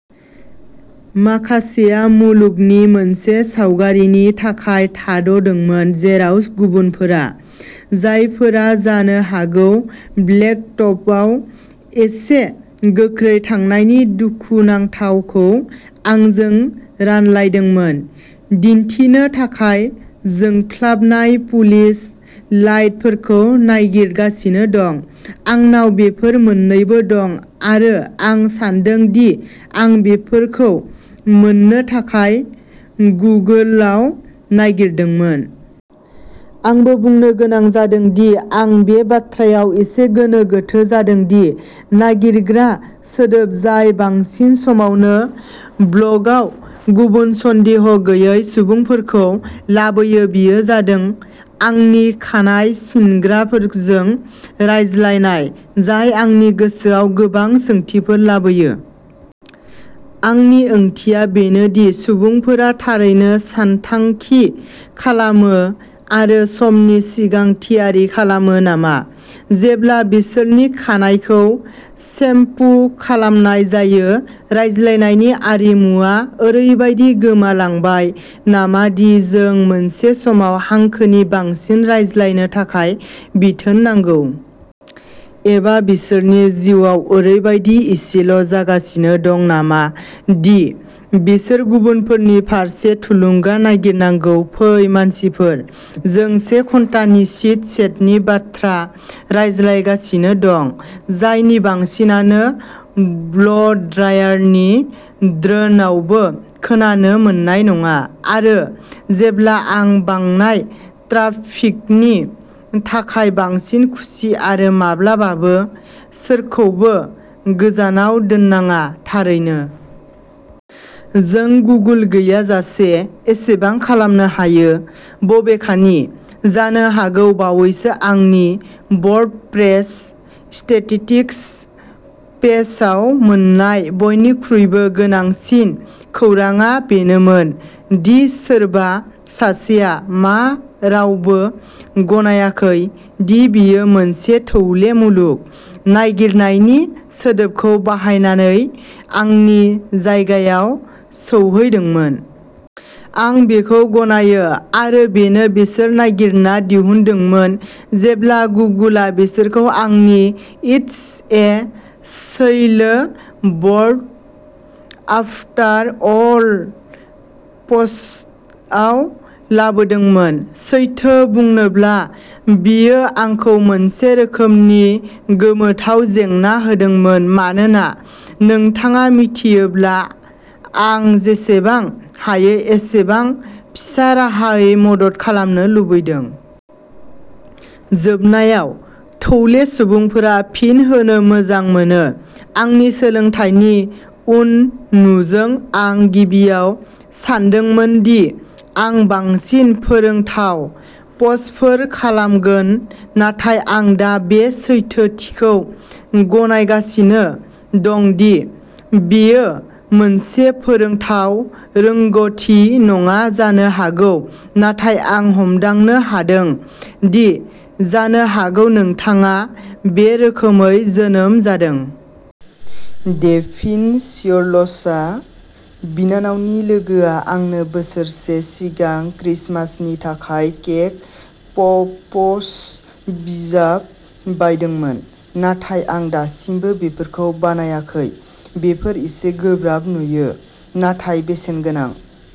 माखासेया मुलुगनि मोनसे सावगारिनि थाखाय थाद'दोंमोन जेराव गुबुनफोरा, जायफोरा जानो हागौ ब्लेकटपआव एसे गोख्रै थांनायनि दुखुनांथावखौ आंजों रानलायदोंमोन, दिन्थिनो थाखाय जोंख्लाबनाय पुलिस लाइटफोरखौ नागिरगासिनो दं। आंनाव बेफोर मोन्नैबो दं आरो आं सान्दों दि आं बेफोरखौ मोननो थाखाय गुगोलआव नागिरदोंमोन। आंबो बुंनो गोनां जादों दि आं बे बाथ्रायाव एसे गोनो गोथो जादों दि नागिरग्रा सोदोब जाय बांसिन समावनो ब्ल'गआव गुबुन सन्देह गैयै सुबुंफोरखौ लाबोयो बेयो जादों "आंनि खानाय सिनग्राफोरजों रायज्लायनाय" जाय आंनि गोसोआव गोबां सोंथिफोर लाबोयो। आंनि ओंथिया बेनो दि सुबुंफोरा थारैनो सानथांखि खालामो आरो समनि सिगां थियारि खालामो नामा, जेब्ला बिसोरनि खानाइखौ सेम्पु खालामनाय जायो? रायज्लायनायनि आरिमुआ ओरैबायदि गोमालांबाय नामा दि जों मोनसे समाव हांखोनि बांसिन रायज्लायनो थाखाय बिथोन नांगौ? एबा बिसोरनि जिउआव ओरैबायदि एसेल'जागासिनो दं नामा दि बिसोर गुबुनफोरनि फारसे थुलुंगा नागिरनांगौ? फै मानसिफोर! जों से घन्टानि सिट चेटनि बाथ्रा रायज्लांगासिनो दं, जायनि बांसिनानो ब्ल'ड्रायारनि ड्रोनआवबो खोनानो मोननाय नङा। आरो जेब्ला आं बांनाय ट्राफिकनि थाखाय बांसिन खुसि आरो माब्लाबाबो सोरखौबो गोजानाव दोन्नाङा, थारैनो। जों गुगोल गैयाजासे एसेबां खालामनो हायो। बबेखानि, जानो हागौ बावैसो आंनि वर्डप्रेस स्टेटिस्टिक्स पेजआव मोन्नाय बयनिख्रुइबो गोनांसिन खौरांआ बेनोमोन दि सोरबा सासेया "मा रावबो गनायाखै दि बेयो मोनसे थौले मुलुग? " नागिरनायनि सोदोबखौ बाहायनानै आंनि जायगायाव सौहैदोंमोन। आं बेखौ गनायो!! आरो बेनो बिसोर नागिरना दिहुनदोंमोन जेब्ला गुगोलआ बिसोरखौ आंनि "it's a shallow world after all" पस्टआव लाबोदोंमोन। सैथो बुंनोब्ला, बेयो आंखौ मोनसे रोखोमनि गोमोथाव जेंना होदोंमोन मानोना नोंथाङा मिथियोब्ला, आं जेसेबां हायो एसेबां फिसा राहायै मदद खालामनो लुबैदों। जोबनायाव, थौले सुबुंफोरा फिन होनो मोजां मोनो। आंनि सोलोंथायनि उन नुजों आं गिबियाव सानदोंमोन दि आं बांसिन "फोरोंथाव" पस्टफोर खालामगोन नाथाय आं दा बे सैथोथिखौ गनायगासिनो दं दि बेयो मोनसे "फोरोंथाव" रोंग'थि नङा जानो हागौ नाथाय आं हमदांनो हादों दि जानो हागौ नोंथाङा "बे रोखोमै जोनोम जादों"। डेभिन सियरल्सआ। बिनानावनि लोगोआ आंनो बोसोरसे सिगां क्रिसमासनि थाखाय केक पप्स बिजाब बायदोंमोन, नाथाय आं दासिमबो बेफोरखौ बानायाखै। बेफोर एसे गोब्राब नुयो, नाथाय बेसेनगोनां।